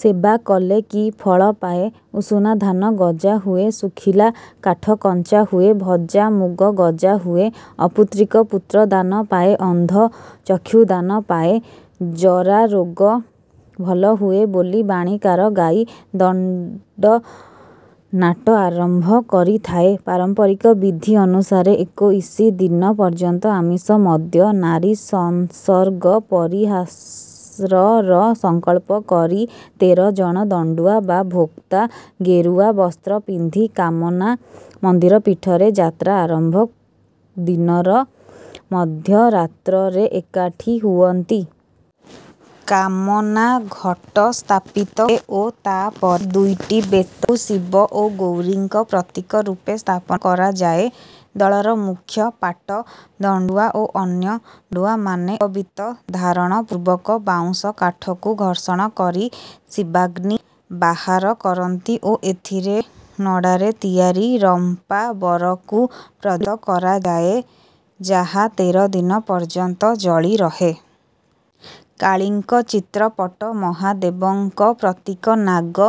ସେବା କଲେ କି ଫଳ ପାଏ ଉଷୁନାଧାନ ଗଜା ହୁଏ ଶୁଖିଲା କାଠ କଞ୍ଚା ହୁଏ ଭଜାମୁଗ ଗଜା ହୁଏ ଅପୁତ୍ରିକ ପୁତ୍ରଦାନ ପାଏ ଅନ୍ଧ ଚକ୍ଷୁଦାନ ପାଏ ଜରାରୋଗ ଭଲ ହୁଏ ବୋଲି ବାଣୀକାର ଗାଇ ଦଣ୍ଡନାଟ ଆରମ୍ଭ କରିଥାଏ। ପାରମ୍ପରିକ ବିଧି ଅନୁସାରେ ଏକୋଇଶି ଦିନ ପର୍ଯ୍ୟନ୍ତ ଆମିଷ ମଦ୍ୟ ନାରୀସଂସର୍ଗ ପରିହାରର ସଂକଳ୍ପ କରି ତେର ଜଣ ଦଣ୍ଡୁଆ ବା ଭୋକ୍ତା ଗେରୁଆ ବସ୍ତ୍ର ପିନ୍ଧି କାମନା ମନ୍ଦିର ପୀଠରେ ଯାତ୍ରା ଆରମ୍ଭ ଦିନର ମଧ୍ୟରାତ୍ରରେ ଏକାଠି ହୁଅନ୍ତି। କାମନା ଘଟ ସ୍ଥାପିତ ହୁଏ ଓ ତା ପରେ ଦୁଇଟି ବେତକୁ ଶିବ ଓ ଗୌରୀଙ୍କ ପ୍ରତୀକ ରୂପେ ସ୍ଥାପନ କରାଯାଏ। ଦଳର ମୁଖ୍ୟ ପାଟ ଦଣ୍ଡୁଆ ଓ ଅନ୍ୟ ଦଣ୍ଡୁଆମାନେ ଉପବୀତ ଧାରଣ ପୂର୍ବକ ବାଉଁଶକାଠକୁ ଘର୍ଷଣ କରି ଶିବାଗ୍ନି ବାହାର କରନ୍ତି ଓ ଏଥିରେ ନଡ଼ାରେ ତିଆରି ରମ୍ପାବରକୁ ପ୍ରଦ କରାଯାଏ ଯାହା ତେର ଦିନ ପର୍ଯ୍ୟନ୍ତ ଜଳି ରହେ। କାଳୀଙ୍କ ଚିତ୍ରପଟ ମହାଦେବଙ୍କ ପ୍ରତୀକ ନାଗ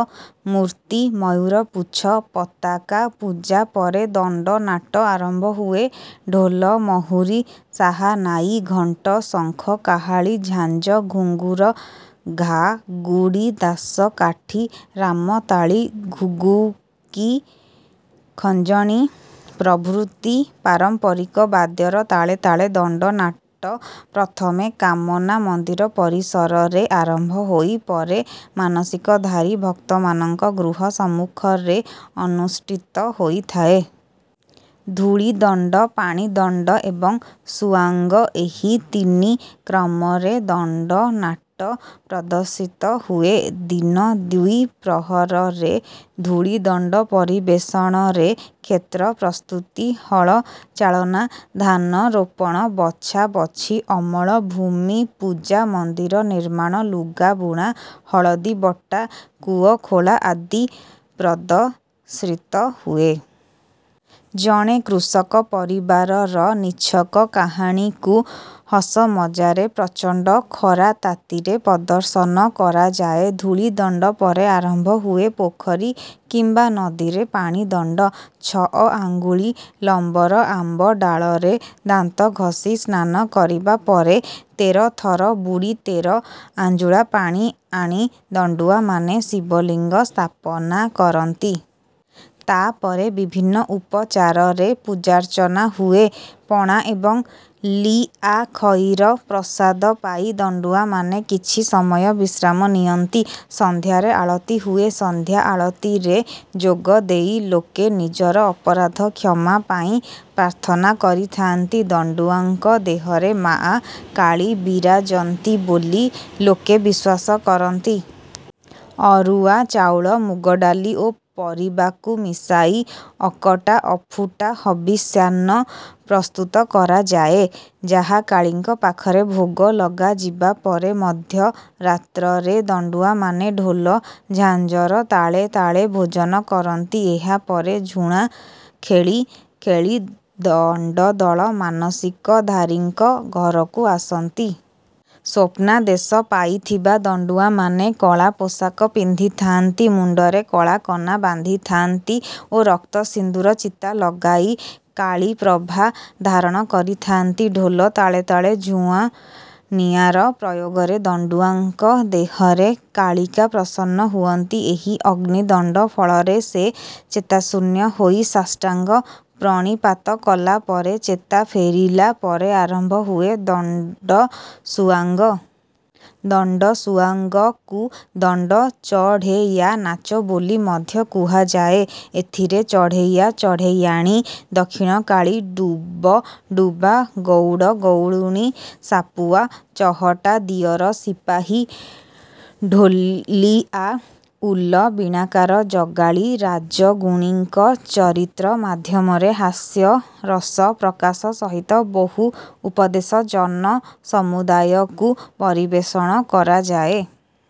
ମୂର୍ତ୍ତି ମୟୂରପୁଚ୍ଛ ପତାକା ପୂଜା ପରେ ଦଣ୍ଡନାଟ ଆରମ୍ଭ ହୁଏ। ଢୋଲ ମହୁରୀ ସାହାନାଇ ଘଣ୍ଟ ଶଙ୍ଖ କାହାଳୀ ଝାଞ୍ଜ ଘୁଙ୍ଗୁର ଘାଗୁଡ଼ି ଦାସକାଠି ରାମତାଳି ଘୁଡୁକୀ ଖଞ୍ଜଣୀ ପ୍ରଭୃତି ପାରମ୍ପରିକ ବାଦ୍ୟର ତାଳେ ତାଳେ ଦଣ୍ଡନାଟ ପ୍ରଥମେ କାମନା ମନ୍ଦିର ପରିସରରେ ଆରମ୍ଭ ହୋଇ ପରେ ମାନସିକଧାରୀ ଭକ୍ତମାନଙ୍କ ଗୃହ ସମ୍ମୁଖରେ ଅନୁଷ୍ଠିତ ହୋଇଥାଏ। ଧୂଳିଦଣ୍ଡ ପାଣିଦଣ୍ଡ ଏବଂ ସୁଆଙ୍ଗ ଏହି ତିନି କ୍ରମରେ ଦଣ୍ଡନାଟ ପ୍ରଦର୍ଶିତ ହୁଏ। ଦିନ ଦ୍ୱିପ୍ରହରରେ ଧୂଳିଦଣ୍ଡ ପରିବେଷଣରେ କ୍ଷେତ୍ର ପ୍ରସ୍ତୁତି ହଳ ଚାଳନା ଧାନ ରୋପଣ ବଛାବଛି ଅମଳ ଭୂମି ପୂଜା ମନ୍ଦିର ନିର୍ମାଣ ଲୁଗା ବୁଣା ହଳଦୀ ବଟା କୂଅ ଖୋଳା ଆଦି ପ୍ରଦର୍ଶିତ ହୁଏ। ଜଣେ କୃଷକ ପରିବାରର ନିଛକ କାହାଣୀକୁ ହସମଜାରେ ପ୍ରଚଣ୍ଡ ଖରାତାତିରେ ପ୍ରଦର୍ଶନ କରାଯାଏ। ଧୂଳିଦଣ୍ଡ ପରେ ଆରମ୍ଭ ହୁଏ ପୋଖରୀ କିମ୍ବା ନଦୀରେ ପାଣିଦଣ୍ଡ। ଛଅ ଆଙ୍ଗୁଳି ଲମ୍ବର ଆମ୍ବ ଡାଳରେ ଦାନ୍ତ ଘସି ସ୍ନାନ କରିବା ପରେ ତେର ଥର ବୁଡ଼ି ତେର ଆଞ୍ଜୁଳା ପାଣି ଆଣି ଦଣ୍ଡୁଆମାନେ ଶିବଲିଙ୍ଗ ସ୍ଥାପନା କରନ୍ତି। ତା ପରେ ବିଭିନ୍ନ ଉପଚାରରେ ପୂଜାର୍ଚ୍ଚନା ହୁଏ। ପଣା ଏବଂ ଲିଆଖଇର ପ୍ରସାଦ ପାଇ ଦଣ୍ଡୁଆମାନେ କିଛି ସମୟ ବିଶ୍ରାମ ନିଅନ୍ତି। ସନ୍ଧ୍ୟାରେ ଆଳତୀ ହୁଏ। ସନ୍ଧ୍ୟା ଆଳତୀରେ ଯୋଗଦେଇ ଲୋକେ ନିଜର ଅପରାଧ କ୍ଷମା ପାଇଁ ପ୍ରାର୍ଥନା କରିଥାନ୍ତି। ଦଣ୍ଡୁଆଙ୍କ ଦେହରେ ମାଆ କାଳୀ ବିରାଜନ୍ତି ବୋଲି ଲୋକେ ବିଶ୍ୱାସ କରନ୍ତି। ଅରୁଆ ଚାଉଳ ମୁଗ ଡାଲି ଓ ପରିବାକୁ ମିଶାଇ ଅକଟା ଅଫୁଟା ହବିଷ୍ୟାନ୍ନ ପ୍ରସ୍ତୁତ କରାଯାଏ ଯାହା କାଳୀଙ୍କ ପାଖରେ ଭୋଗ ଲଗାଯିବା ପରେ ମଧ୍ୟରାତ୍ରରେ ଦଣ୍ଡୁଆମାନେ ଢୋଲ ଝାଞ୍ଜର ତାଳେ ତାଳେ ଭୋଜନ କରନ୍ତି। ଏହା ପରେ ଝୁଣା ଖେଳି ଖେଳି ଦଣ୍ଡଦଳ ମାନସିକଧାରୀଙ୍କ ଘରକୁ ଆସନ୍ତି। ସ୍ୱପ୍ନାଦେଶ ପାଇଥିବା ଦଣ୍ଡୁଆମାନେ କଳା ପୋଷାକ ପିନ୍ଧିଥାନ୍ତି ମୁଣ୍ଡରେ କଳା କନା ବାନ୍ଧିଥାନ୍ତି ଓ ରକ୍ତ ସିନ୍ଦୁର ଚିତା ଲଗାଇ କାଳୀପ୍ରଭା ଧାରଣ କରିଥାନ୍ତି। ଢୋଲ ତାଳେ ତାଳେ ଝୁଣା ନିଆଁର ପ୍ରୟୋଗରେ ଦଣ୍ଡୁଆଙ୍କ ଦେହରେ କାଳିକା ପ୍ରସନ୍ନ ହୁଅନ୍ତି। ଏହି ଅଗ୍ନିଦଣ୍ଡ ଫଳରେ ସେ ଚେତାଶୂନ୍ୟ ହୋଇ ସାଷ୍ଟାଙ୍ଗ ପ୍ରଣିପାତ କଲା ପରେ ଚେତା ଫେରିଲା ପରେ ଆରମ୍ଭ ହୁଏ ଦଣ୍ଡସୁଆଙ୍ଗ। ଦଣ୍ଡସୁଆଙ୍ଗକୁ ଦଣ୍ଡ ଚଢ଼େୟା ନାଚ ବୋଲି ମଧ୍ୟ କୁହାଯାଏ। ଏଥିରେ ଚଢ଼େୟା ଚଢ଼େୟାଣୀ ଦକ୍ଷିଣକାଳୀ ଡୁବଡୁବା ଗଉଡ଼ ଗଉଡ଼ୁଣୀ ସାପୁଆ ଚହଟା ଦିଅର ସିପାହୀ ଢୋଲିଆ ଉଲ ବୀଣାକାର ଜଗାଳି ରାଜଗୁଣିଙ୍କ ଚରିତ୍ର ମାଧ୍ୟମରେ ହାସ୍ୟରସ ପ୍ରକାଶ ସହିତ ବହୁ ଉପଦେଶ ଜନସମୁଦାୟକୁ ପରିବେଷଣ କରାଯାଏ।